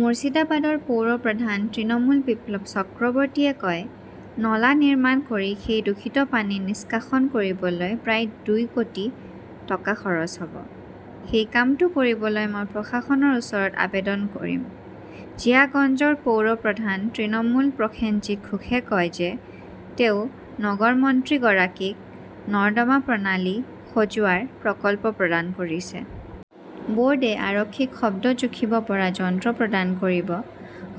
মুৰ্ছিদাবাদৰ পৌৰ প্ৰধান তৃণমূল বিপ্লৱ চক্ৰৱৰ্তীয়ে কয়, নলা নিৰ্মাণ কৰি সেই দূষিত পানী নিষ্কাশন কৰিবলৈ প্ৰায় দুই কোটি টকা খৰচ হব । সেই কামটো কৰিবলৈ মই প্ৰশাসনৰ ওচৰত আবেদন কৰিম। জিয়াগঞ্জৰ পৌৰ প্ৰধান তৃণমূল প্ৰসেনজিৎ ঘোষে কয় যে তেওঁ নগৰ মন্ত্ৰীগৰাকীক নৰ্দমা প্ৰণালী সজোৱাৰ প্ৰকল্প প্ৰদান কৰিছে। বোৰ্ডে আৰক্ষীক শব্দ জুখিব পৰা যন্ত্ৰ প্ৰদান কৰিব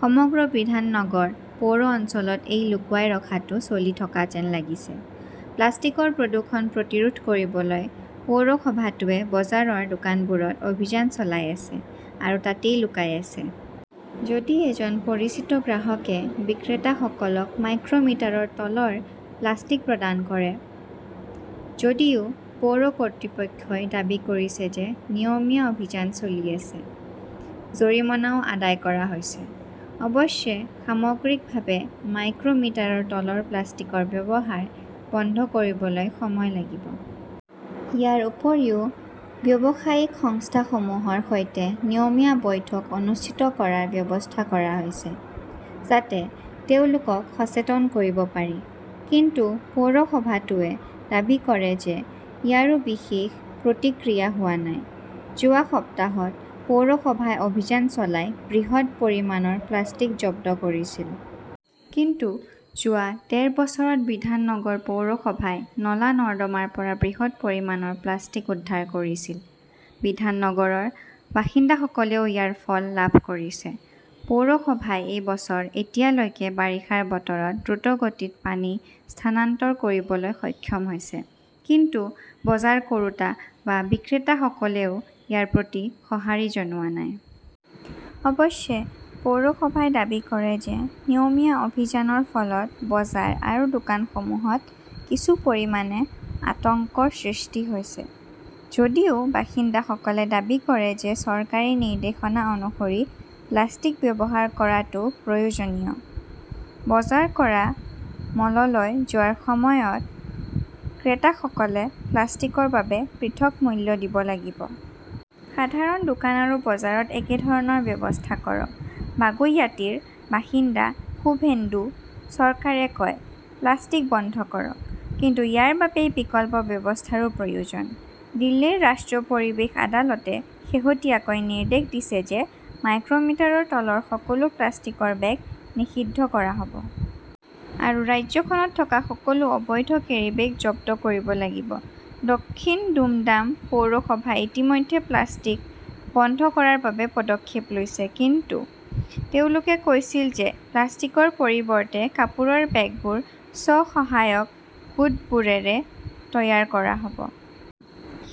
সমগ্ৰ বিধাননগৰ পৌৰ অঞ্চলত এই লুকুৱাই ৰখাটো চলি থকা যেন লাগিছে। প্লাষ্টিকৰ প্ৰদূষণ প্ৰতিৰোধ কৰিবলৈ পৌৰসভাটোৱে বজাৰৰ দোকানবোৰত অভিযান চলাই আছে। আৰু তাতেই লুকাই আছে। যদি এজন পৰিচিত গ্ৰাহকে বিক্ৰেতাসকলক মাইক্ৰ মিটাৰৰ তলৰ প্লাষ্টিক প্ৰদান কৰে। যদিও পৌৰ কৰ্তৃপক্ষই দাবী কৰিছে যে নিয়মীয়া অভিযান চলি আছে। জৰিমনাও আদায় কৰা হৈছে। অৱশ্যে সামগ্ৰিকভাৱে মাইক্ৰ মিটাৰৰ তলৰ প্লাষ্টিকৰ ব্যৱহাৰ বন্ধ কৰিবলৈ সময় লাগিব। ইয়াৰ উপৰিও ব্যৱসায়িক সংস্থাসমূহৰ সৈতে নিয়মীয়া বৈঠক অনুষ্ঠিত কৰাৰ ব্যৱস্থা কৰা হৈছে, যাতে তেওঁলোকক সচেতন কৰিব পাৰি। কিন্তু পৌৰসভাটোৱে দাবী কৰে যে ইয়াৰো বিশেষ প্ৰতিক্ৰিয়া হোৱা নাই। যোৱা সপ্তাহত পৌৰসভাই অভিযান চলাই বৃহৎ পৰিমাণৰ প্লাষ্টিক জব্দ কৰিছিল। কিন্তু যোৱা ডেৰ বছৰত বিধাননগৰ পৌৰসভাই নলা-নৰ্দমাৰ পৰা বৃহৎ পৰিমাণৰ প্লাষ্টিক উদ্ধাৰ কৰিছিল। বিধাননগৰৰ বাসিন্দাসকলেও ইয়াৰ ফল লাভ কৰিছে। পৌৰসভাই এই বছৰ এতিয়ালৈকে বাৰিষাৰ বতৰত দ্ৰুতগতিত পানী স্থানান্তৰ কৰিবলৈ সক্ষম হৈছে। কিন্তু বজাৰ কৰোঁতা বা বিক্ৰেতাসকলেও ইয়াৰ প্ৰতি সঁহাৰি জনোৱা নাই। অৱশ্যে, পৌৰসভাই দাবী কৰে যে নিয়মীয়া অভিযানৰ ফলত বজাৰ আৰু দোকানসমূহত কিছু পৰিমাণে আতংকৰ সৃষ্টি হৈছে। যদিও বাসিন্দাসকলে দাবী কৰে যে চৰকাৰী নিৰ্দেশনা অনুসৰি প্লাষ্টিক ব্যৱহাৰ কৰাটো প্ৰয়োজনীয়। বজাৰ কৰা মললৈ যোৱাৰ সময়ত ক্ৰেতাসকলে প্লাষ্টিকৰ বাবে পৃথক মূল্য দিব লাগিব। সাধাৰণ দোকান আৰু বজাৰত একেধৰণৰ ব্যৱস্থা কৰক। বাগুইয়াটীৰ বাসিন্দা সুভেন্দু চৰকাৰে কয়, প্লাষ্টিক বন্ধ কৰক। কিন্তু ইয়াৰ বাবে বিকল্প ব্যৱস্থাৰো প্ৰয়োজন। দিল্লীৰ ৰাষ্ট্ৰীয় পৰিৱেশ আদালতে শেহতীয়াকৈ নিৰ্দেশ দিছে যে মাইক্ৰমিটাৰৰ তলৰ সকলো প্লাষ্টিকৰ বেগ নিষিদ্ধ কৰা হব। আৰু ৰাজ্যখনত থকা সকলো অবৈধ কেৰীবেগ জব্দ কৰিব লাগিব। দক্ষিণ দুমডাম পৌৰসভাই ইতিমধ্যে প্লাষ্টিক বন্ধ কৰাৰ বাবে পদক্ষেপ লৈছে। কিন্তু তেওঁলোকে কৈছিল যে প্লাষ্টিকৰ পৰিৱৰ্তে কাপোৰৰ বেগবোৰ স্ব-সহায়ক গোটবোৰেৰে তৈয়াৰ কৰা হ 'ব।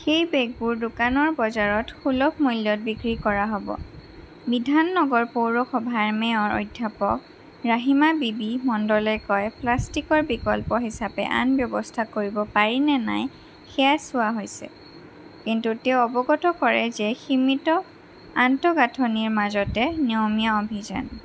সেই বেগবোৰ দোকানৰ বজাৰত সুলভ মূল্যত বিক্ৰী কৰা হ 'ব। বিধাননগৰ পৌৰসভাৰ মেয়ৰ অধ্যাপক ৰাহিমা বিবি মণ্ডলে কয়, প্লাষ্টিকৰ বিকল্প হিচাপে আন ব্যৱস্থা কৰিব পাৰি নে নাই সেয়া চোৱা হৈছে। ""কিন্তু তেওঁ অৱগত কৰে যে সীমিত আন্তঃগাঁথনিৰ মাজতে নিয়মীয়া অভিযান"